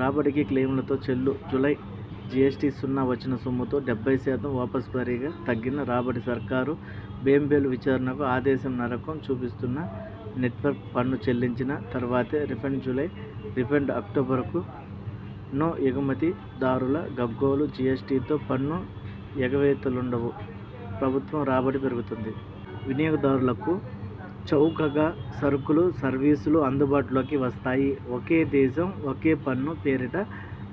రాబడికి క్లెయిములతో చెల్లు July GST సున్నా వచ్చిన సొమ్ములో డెబ్బై శాతం వాపస్భారీగా తగ్గిన రాబడి సర్కారు బెంబేలు విచారణకు ఆదేశంనరకం చూపిస్తున్న నెట్వర్క్ పన్ను చెల్లించిన తర్వాతే రిఫండ్జూలై రిఫండ్ అక్టోబరుకూ నో ఎగుమతి దారుల గగ్గోలు జీఎస్టీతో పన్ను ఎగవేతలుండవు. ప్రభుత్వ రాబడి పెరుగుతుంది. వినియోగదారులకు చౌకగా సరుకులు, సర్వీసులు అందుబాటులోకి వస్తాయి. ఒకే దేశం ఒకే పన్ను పేరిట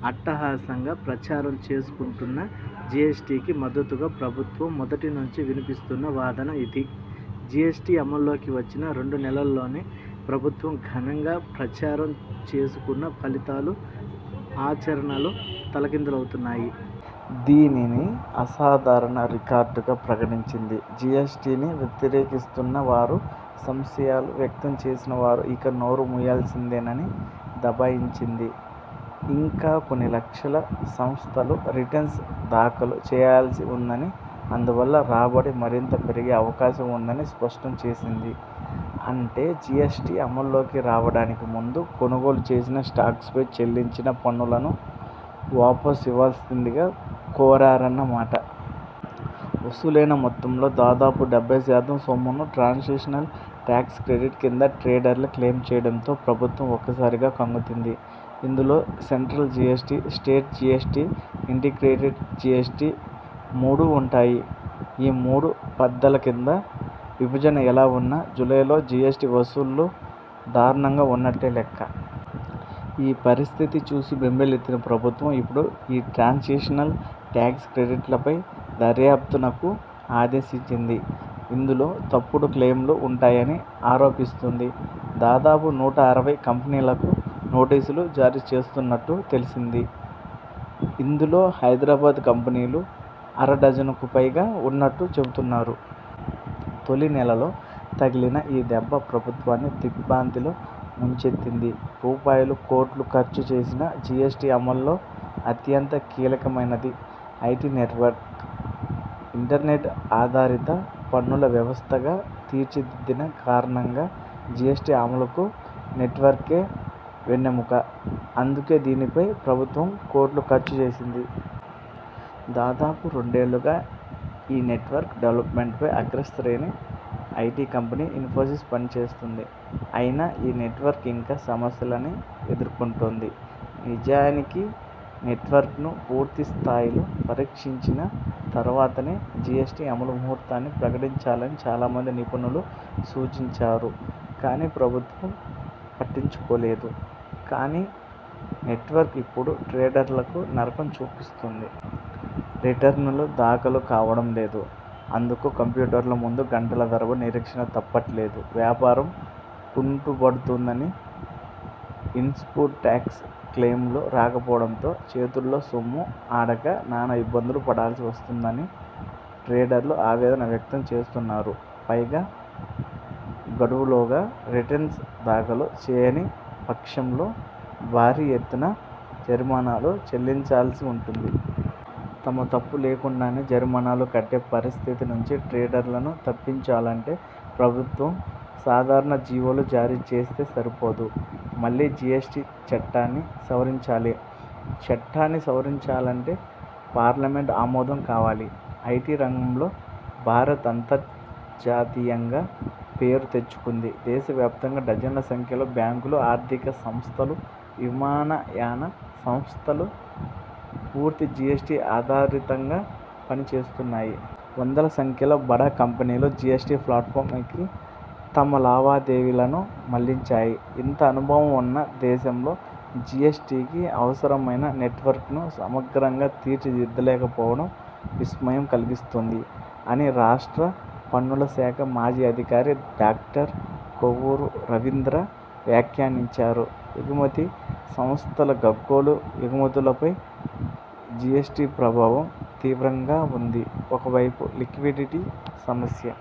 అట్టహాసంగా ప్రచారం చేసుకుంటున్న జీఎస్టీకి మద్దతుగా ప్రభుత్వం మొదటి నుంచీ వినిపిస్తున్న వాదన ఇది. జీఎస్టీ అమల్లోకి వచ్చిన రెండు నెలల్లోనే ప్రభుత్వం ఘనంగా ప్రచారం చేసుకున్న ఫలితాలు ఆచరణలో తలకిందులవుతున్నాయి. దీనిని అసాధారణ రికార్డుగా ప్రకటించింది. జీఎస్టీని వ్యతిరేకిస్తున్న వారు, సంశయాలు వ్యక్తం చేసిన వారు ఇక నోరు మూయాల్సిందేనని దబాయించింది. ఇంకా కొన్ని లక్షల సంస్థలు రిటర్న్స్ దాఖలు చేయాల్సి ఉందని, అందువల్ల రాబడి మరింత పెరిగే అవకాశం ఉందని స్పష్టం చేసింది. అంటే, జీఎస్టీ అమల్లోకి రావడానికి ముందు కొనుగోలు చేసిన స్టాక్పై చెల్లించిన పన్నులను వాపస్ ఇవ్వాల్సిందిగా కోరారన్న మాట. వసూలైన మొత్తంలో దాదాపు డెబ్బై శాతం సొమ్మును ట్రాన్సిషనల్ టాక్స్ క్రెడిట్ కింద ట్రేడర్లు క్లెయిమ్ చేయడంతో ప్రభుత్వం ఒక్కసారిగా కంగుతింది ఇందులో central GST, state GST, integrated GST మూడూ ఉంటాయి. ఈ మూడు పద్దుల కింద విభజన ఎలా ఉన్నా జూలైలో జీఎస్టీ వసూళ్లు దారుణంగా ఉన్నట్టే లెక్క. ఈ పరిస్థితి చూసి బెంబేలెత్తిన ప్రభుత్వం ఇప్పుడు ఈ ట్రాన్సిషనల్ టాక్స్ క్రెడిట్లపై దర్యాప్తునకు ఆదేశించింది. ఇందు లో తప్పుడు క్లెయిమ్లు ఉంటాయని ఆరోపిస్తోంది. దాదాపు నూట అరవై కంపెనీలకు నోటీసులు జారీ చేస్తున్నట్టు తెలిసింది ఇందులో హైదరాబాద్ కంపెనీలు అర డజనుకుపైగా ఉన్నట్టు చెబుతున్నారు. తొలి నెలలో తగిలిన ఈ దెబ్బ ప్రభుత్వాన్ని దిగ్భ్రాంతి లో ముంచెత్తింది. రూపాయలు కోట్లు ఖర్చు చేసినా జీఎస్టీ అమల్లో అత్యంత కీలకమైనది ఐటీ నెట్వర్క్. ఇంటర్నెట్ ఆధారిత పన్నుల వ్యవస్థగా తీర్చిదిద్దిన కారణంగా జీఎస్టీ అమలుకు నెట్వర్కే వెన్నెముక. అందుకే దీనిపై ప్రభుత్వం కోట్లు ఖర్చు చేసింది. దాదాపు రెండేళ్లుగా ఈ నెట్వర్క్ డెవల్పమెంట్పై అగ్రశ్రేణి ఐటీ కంపెనీ ఇన్ఫోసిస్ పనిచేస్తోంది. అయినా ఈ నెట్వర్క్ ఇంకా సమస్యలనే ఎదుర్కొంటోంది. నిజానికి, నెట్వర్క్ను పూర్తిస్థాయిలో పరీక్షించిన తర్వాతనే జీఎస్టీ అమలు ముహూర్తాన్ని ప్రకటించాలని చాలామంది నిపుణులు సూచించారు. కానీ ప్రభుత్వం పట్టించుకోలేదు. కానీ, నెట్వర్క్ ఇప్పుడు ట్రేడర్లకు నరకం చూపిస్తోంది. రిటర్నులు దాఖలు కావడం లేదు. అందుకు కంప్యూటర్ల ముందు గంటల తరబడి నిరీక్షణ తప్పట్లేదు. వ్యాపారం కుంటుబడుతోందని, ఇన్పుట్ టాక్స్ క్లెయిమ్లు రాకపోవడంతో చేతుల్లో సొమ్ము ఆడక నానా ఇబ్బందులు పడాల్సి వస్తోందని ట్రేడర్లు ఆవేదన వ్యక్తం చేస్తున్నారు. పైగా గడువులోగా రిటర్న్స్ దాఖలు చేయని పక్షంలో భారీ ఎత్తున జరిమానాలు చెల్లించాల్సి ఉంటుంది. తమ తప్పు లేకుండానే జరిమానాలు కట్టే పరిస్థితి నుంచి ట్రేడర్లను తప్పించాలంటే ప్రభుత్వం సాధారణ జీవోలు జారీ చేస్తే సరిపోదు. మళ్లీ జీఎస్టీ చట్టాన్ని సవరించాలి. చట్టాన్ని సవరించాలంటే పార్లమెంట్ ఆమోదం కావాలి. ''ఐటీ రంగంలో భారత్ అంతర్జాతీయంగా పేరు తెచ్చుకుంది. దేశ వ్యాప్తంగా డజన్ల సంఖ్యలో బ్యాంకులు, ఆర్థిక సంస్థలు, విమానయాన సంస్థలు పూర్తి జీఎస్టీ ఆధారితంగా పని చేస్తున్నాయి. వందల సంఖ్యలో బడా కంపెనీలు జీఎస్టీ ప్లాట్ఫామ్పైకి తమ లావాదేవీలను మళ్లించాయి. ఇంత అనుభవం ఉన్న దేశంలో జీఎస్టీకి అవసరమైన నెట్వర్క్ను సమగ్రంగా తీర్చిదిద్దలేకపోవడం విస్మయం కలిగిస్తోంది'' అని రాష్ట్ర పన్నుల శాఖ మాజీ అధికారి డాక్టర్ కొవ్వూరు రవీంద్ర వ్యాఖ్యానించారు. ఎగుమతి సంస్థల గగ్గోలు ఎగుమతులపై జీఎస్టీ ప్రభావం తీవ్రంగా ఉంది. ఒకవైపు, లిక్విడిటీ సమస్య.